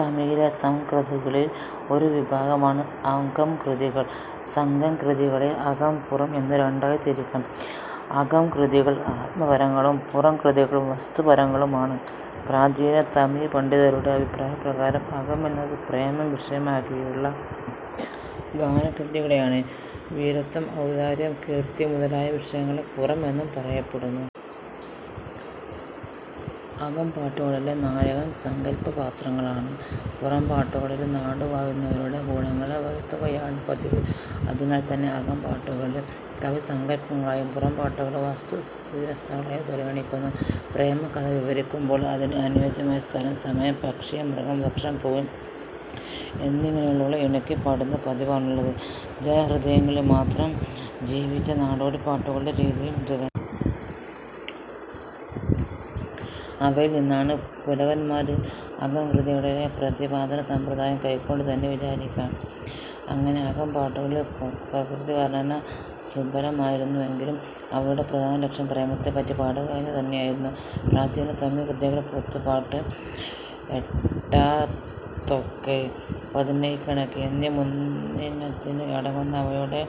തമിഴിലെ സംഘകൃതികളിൽ ഒരു വിഭാഗമാണ് അകംകൃതികൾ. സംഘം കൃതി കളെ അകം, പുറം എന്ന് രണ്ടായി തിരിക്കാം. അകം കൃതികൾ ആത്മപരങ്ങളും പുറം കൃതികൾ വസ്തുപരങ്ങളും ആണ്. പ്രാചീന തമിഴ് പണ്ഡിതന്മാരുടെ അഭിപ്രായപ്രകാരം അകം എന്നത് പ്രേമം വിഷയമാക്കിയുള്ള ഗാനകൃതികളെയാണ്.. വീരത്വം, ഔദാര്യം, കീർത്തി മുതലായ വിഷയങ്ങളെ 'പുറം' എന്നും പറയപ്പെടുന്നു. അകംപാട്ടുകളിലെ നായകൻ സങ്കല്പപാത്രങ്ങളാണ്. പുറംപാട്ടുകളില് നാടുവാഴുന്നവരുടെ ഗുണങ്ങളെ വാഴ്ത്തുകയാണ് പതിവ്. അതിനാൽതന്നെ അകംപാട്ടുകള് കവിസങ്കല്പങ്ങളായും പുറംപാട്ടുകള് വസ്തുസ്ഥിതികഥനങ്ങളായും പരിണമിക്കുന്നു. പ്രേമകഥ വിവരിക്കുമ്പോള് അതിന് അനുയോജ്യമായ സ്ഥലം, സമയം, പക്ഷി, മൃഗം, വൃക്ഷം, പൂവ് എന്നിങ്ങനെയുള്ളവയെ ഇണക്കി പാടുന്ന പതിവാണുള്ളത്. ജനഹൃദയങ്ങളില് മാത്രം ജീവിച്ച നാടോടിപ്പാട്ടുകളുടെ രീതിയും ഇതുതന്നെ. അവയിൽ നിന്നാണ് പുലവന്മാര് അകംകൃതികളിലെ പ്രതിപാദനസമ്പ്രദായം കൈക്കൊണ്ടതെന്നു വിചാരിക്കാം. അങ്ങനെ അകംപാട്ടുകളിൽ പ്രകൃതിവർണന സുലഭമായിത്തീർന്നു. എങ്കിലും അവയുടെ പ്രധാനലക്ഷ്യം പ്രേമത്തെപ്പറ്റി പാടുക എന്നതുതന്നെയായിരുന്നു. പ്രാചീന തമിഴ്കൃതികൾ പത്തുപ്പാട്ട്, എട്ടുത്തൊകൈ, പതിനെണ്കീഴ്കണക്ക് എന്നീ മൂന്നിനത്തിൽ അടങ്ങുന്നു. അവയുടെ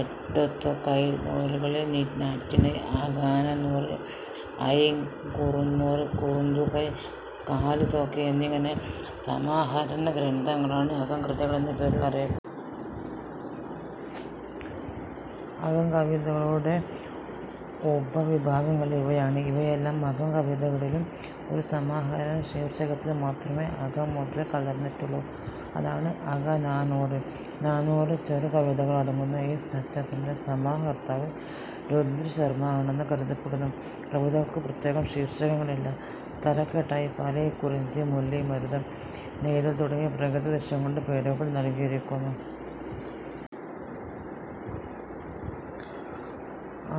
എട്ടുത്തൊകൈനൂല്കളിൽ നറ്റിണൈ, അകനാനൂറ്, ഐങ്കുറുന്നൂറ്, കുറുന്തൊകൈ, കലിത്തൊകൈ എന്നിങ്ങനെ സമാഹാരഗ്രന്ഥങ്ങളാണ് അകംകൃതികൾ എന്ന പേരിൽ അറിയപ്പെടുന്നത്. അകം കവിതകളുടെ ഉപ വിഭാഗങ്ങൾ ഇവയാണ്. ഇവയെല്ലാം അകം കവിതകളെങ്കിലും ഒരു സമാഹാര ശീർഷകത്തിൽ മാത്രമേ 'അകം'മുദ്ര കലർന്നിട്ടുള്ളൂ. അതാണ് അകനാനൂറ്. നാനൂറ് ചെറു കവിതകൾ അടങ്ങുന്ന ഈ സഞ്ചയത്തിന്റെ സമാഹർത്താവ് രുദ്രശർമ്മാ ആണെന്ന് കരുതപ്പെടുന്നു. കവിതകൾക്കു പ്രത്യേകം ശീർഷകങ്ങളില്ല. തലക്കെട്ടായി പാലൈ, കുറിഞ്ചി, മുല്ലൈ, മരുതം, നെയ്തൽ തുടങ്ങിയ പ്രകൃതി ദൃശ്യങ്ങളുടെ പേരുകൾ നൽകിയിരിക്കുന്നു.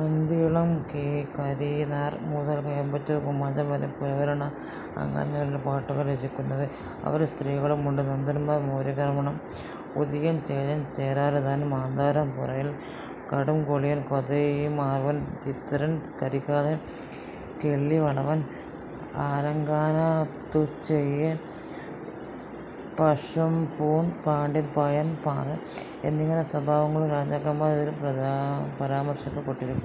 അന്തിയിളം കീരനാർ മുതൽ വേമ്പറ്റൂർ കുമരനാർ വരെ പുലവരാണ് അകനാനൂറിലെ പാട്ടുകൾ രചിച്ചിരിക്കുന്നത്. അവരിൽ സ്ത്രീകളുമുണ്ട്. നന്ദൻമാർ, മൗര്യാക്രമണം, ഉതിയൻചേരൻ, ചേരലാതൻ, മാന്തരംപൊറൈയൻ, കടുംകോ, ഉതിയൻ, കോതൈമാർവൻ, തിത്തൻ, കരികാലൻ, കിള്ളിവളവൻ, ആലങ്കാനത്തുചെഴിയൻ, പശുംപൂൺ പാണ്ഡ്യൻ, പഴയൻ മാറൻ എന്നിങ്ങനെ സംഭവങ്ങളും രാജാക്കന്മാരും ഇതിൽ പരാമർശിക്കപ്പെട്ടിരിക്കുന്നു.